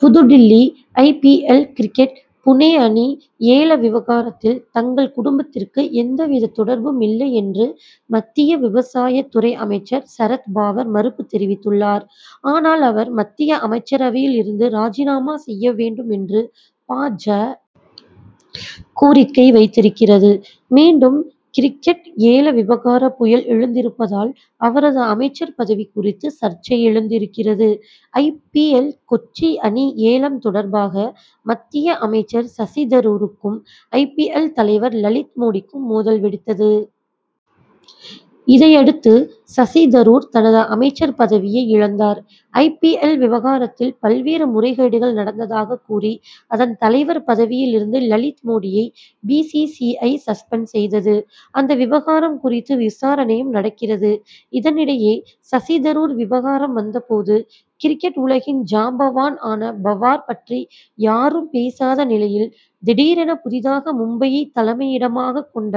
New Delhi I. P. L. Cricket Pune அணி ஏல விவகாரத்தில் தங்கள் குடும்பத்திற்கு எந்தவித தொடர்பும் இல்லை என்று மத்திய விவசாயத்துறை அமைச்சர் சரத் பவார் மறுப்பு தெரிவித்துள்ளார். ஆனால் அவர் மத்திய அமைச்சரவையில் இருந்து ராஜினாமா செய்ய வேண்டும் என்று பா. ஜ. கோரிக்கை வைத்திருக்கிறது. மீண்டும் கிரிக் கெட் ஏல விவகாரப் புயல் எழுந்திருப்பதால் அவரது அமைச்சர் பதவி குறித்து சர்ச்சை எழுந்திருக்கிறது. ஐ. பி. எல். கொச்சி அணி ஏலம் தொடர்பாக மத்திய அமைச்சர் சசி தரூருக்கும் ஐ. பி. எல். தலைவர் லலித் மோடிக்கும் மோதல் வெடித்தது. இதையடுத்து சசி தரூர் தனது அமைச்சர் பதவியை இழந்தார். ஐ. பி. எல். விவகாரத்தில் பல்வேறு முறைகேடுகள் நடந்ததாகக் கூறி அதன் தலைவர் பதவியிலிருந்து லலித் மோடியை B. C. C. I. Suspend செய்தது. அந்த விவகாரம் குறித்து விசாரணையும் நடக்கிறது. இதனிடையே சசி தரூர் விவகாரம் வந்த போது கிரிக்கெட் உலகின் ஜாம்பவான் ஆன பவார் பற்றி யாரும் பேசாத நிலையில் திடீரென புதிதாக மும்பையைத் தலைமையிடமாகக் கொண்ட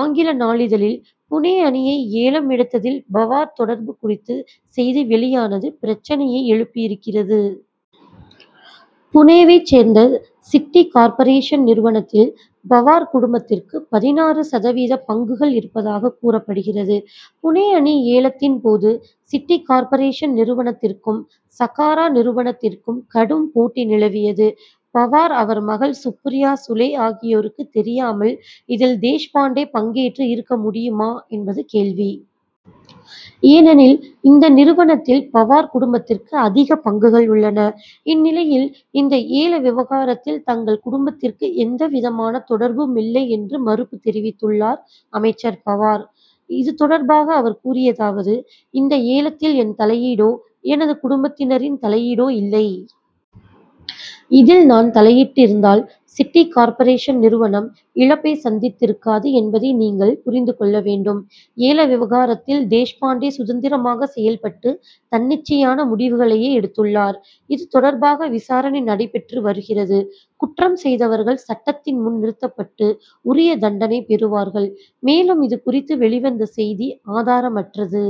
ஆங்கில நாளிதழில் புனே அணியை ஏலம் எடுத்ததில் பவார் தொடர்பு குறித்து செய்தி வெளியானது பிரச்னையை எழுப்பியிருக்கிறது. புனேவை சேர்ந்த சிட்டி கார்ப்பரேஷன் நிறுவனத்தில் பவார் குடும்பத்திற்கு பதினாறு சதவீத பங்குகள் இருப்பதாக கூறப்படுகிறது. புனே அணி ஏலத்தின் போது சிட்டி கார்ப்பரேஷன் நிறுவனத்திற்கும் சகாரா நிறுவனத்திற்கும் கடும் போட்டி நிலவியது. பவார் அவர் மகள் சுப்ரியா சுலே ஆகியோருக்கு தெரியாமல் இதில் தேஷ்பாண்டே பங்கேற்று இருக்க முடியுமா என்பது கேள்வி. ஏனெனில் இந்த நிறுவனத்தில் பவார் குடும்பத்திற்கு அதிக பங்குகள் உள்ளன. இந்நிலையில் இந்த ஏல விவகாரத்தில் தங்கள் குடும்பத்திற்கு எந்தவிதமான தொடர்பும் இல்லை என்று மறுப்பு தெரிவித்துள்ளார் அமைச்சர் பவார். இதுதொடர்பாக அவர் கூறியதாவது இந்த ஏலத்தில் என் தலையீடோ எனது குடும்பத்தினரின் தலையீடோ இல்லை. இதில் நான் தலையிட்டிருந்தால் சிட்டி கார்ப்பரேஷன் நிறுவனம் இழப்பை சந்தித்திருக்காது என்பதை நீங்கள் புரிந்துகொள்ள வேண்டும். ஏல விவகாரத்தில் தேஷ்பாண்டே சுதந்திரமாக செயல்பட்டு தன்னிச்சையான முடிவுகளையே எடுத்துள்ளார். இதுதொடர்பாக விசாரணை நடைபெற்று வருகிறது. குற்றம் செய்தவர்கள் சட்டத்தின் முன் நிறுத்தப்பட்டு உரிய தண்டனை பெறுவார்கள். மேலும் இது குறித்து வெளிவந்த செய்தி ஆதாரமற்றது.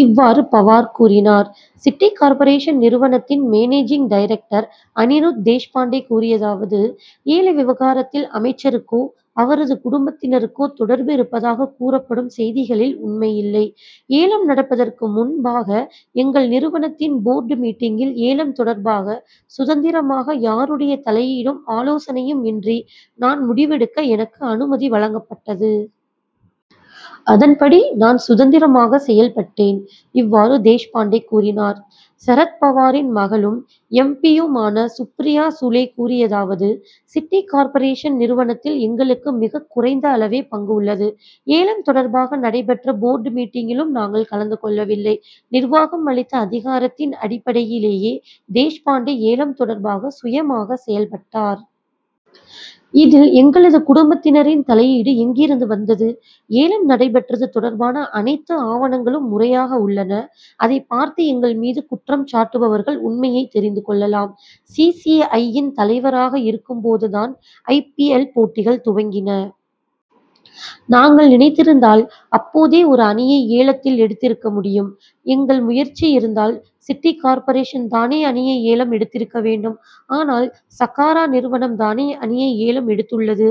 இவ்வாறு பவார் கூறினார். சிட்டி கார்ப்பரேஷன் நிறுவனத்தின் மேனேஜிங் டைரக்டர் அனிருத் தேஷ்பாண்டே கூறியதாவது ஏல விவகாரத்தில் அமைச்சருக்கோ அவரது குடும்பத்தினருக்கோ தொடர்பு இருப்பதாக கூறப்படும் செய்திகளில் உண்மையில்லை. ஏலம் நடப்பதற்கு முன் பாக எங்கள் நிறுவனத்தின் போர்டு மீட்டிங்கில் ஏலம் தொடர்பாக சுதந்திரமாக யாருடைய தலையீடும் ஆலோசனையும் இன்றி நான் முடிவெடுக்க எனக்கு அனுமதி வழங்கப்பட்டது. அதன்படி நான் சுதந்திரமாக செயல்பட்டேன். இவ்வாறு தேஷ்பாண்டே கூறினார். சரத் பவாரின் மகளும் எம். பி. யுமான சுப்ரியா சுலே கூறியதாவது சிட்டி கார்ப்பரேஷன் நிறுவனத்தில் எங்களுக்கு மிகக் குறைந்த அளவே பங்கு உள்ளது. ஏலம் தொடர்பாக நடைபெற்ற போர்டு மீட்டிங்கிலும் நாங்கள் கலந்துகொள்ளவில்லை. நிர்வாகம் அளித்த அதிகாரத்தின் அடிப்படையிலேயே தேஷ்பாண்டே ஏலம் தொடர்பாக சுயமாக செயல்பட்டார். இதில் எங்களது குடும்பத்தினரின் தலையீடு எங்கிருந்து வந்தது? ஏலம் நடைபெற்றது தொடர்பான அனைத்து ஆவணங்களும் முறையாக உள்ளன. அதைப் பார்த்து எங்கள் மீது குற்றம் சாட்டுபவர்கள் உண்மையை தெரிந்து கொள்ளலாம். சி. சி. ஐ. யின் தலைவராக இருக்கும்போதுதான் ஐ. பி. எல். போட்டிகள் துவங்கின. நாங்கள் நினைத்திருந்தால் அப்போதே ஒரு அணியை ஏலத்தில் எடுத்திருக்க முடியும். எங்கள் முயற்சி இருந்தால் சிட்டி கார்ப்பரேஷன்தானே அணியை ஏலம் எடுத்திருக்க வேண்டும். ஆனால் சகாரா நிறுவனம் தானே அணியை ஏலம் எடுத்துள்ளது?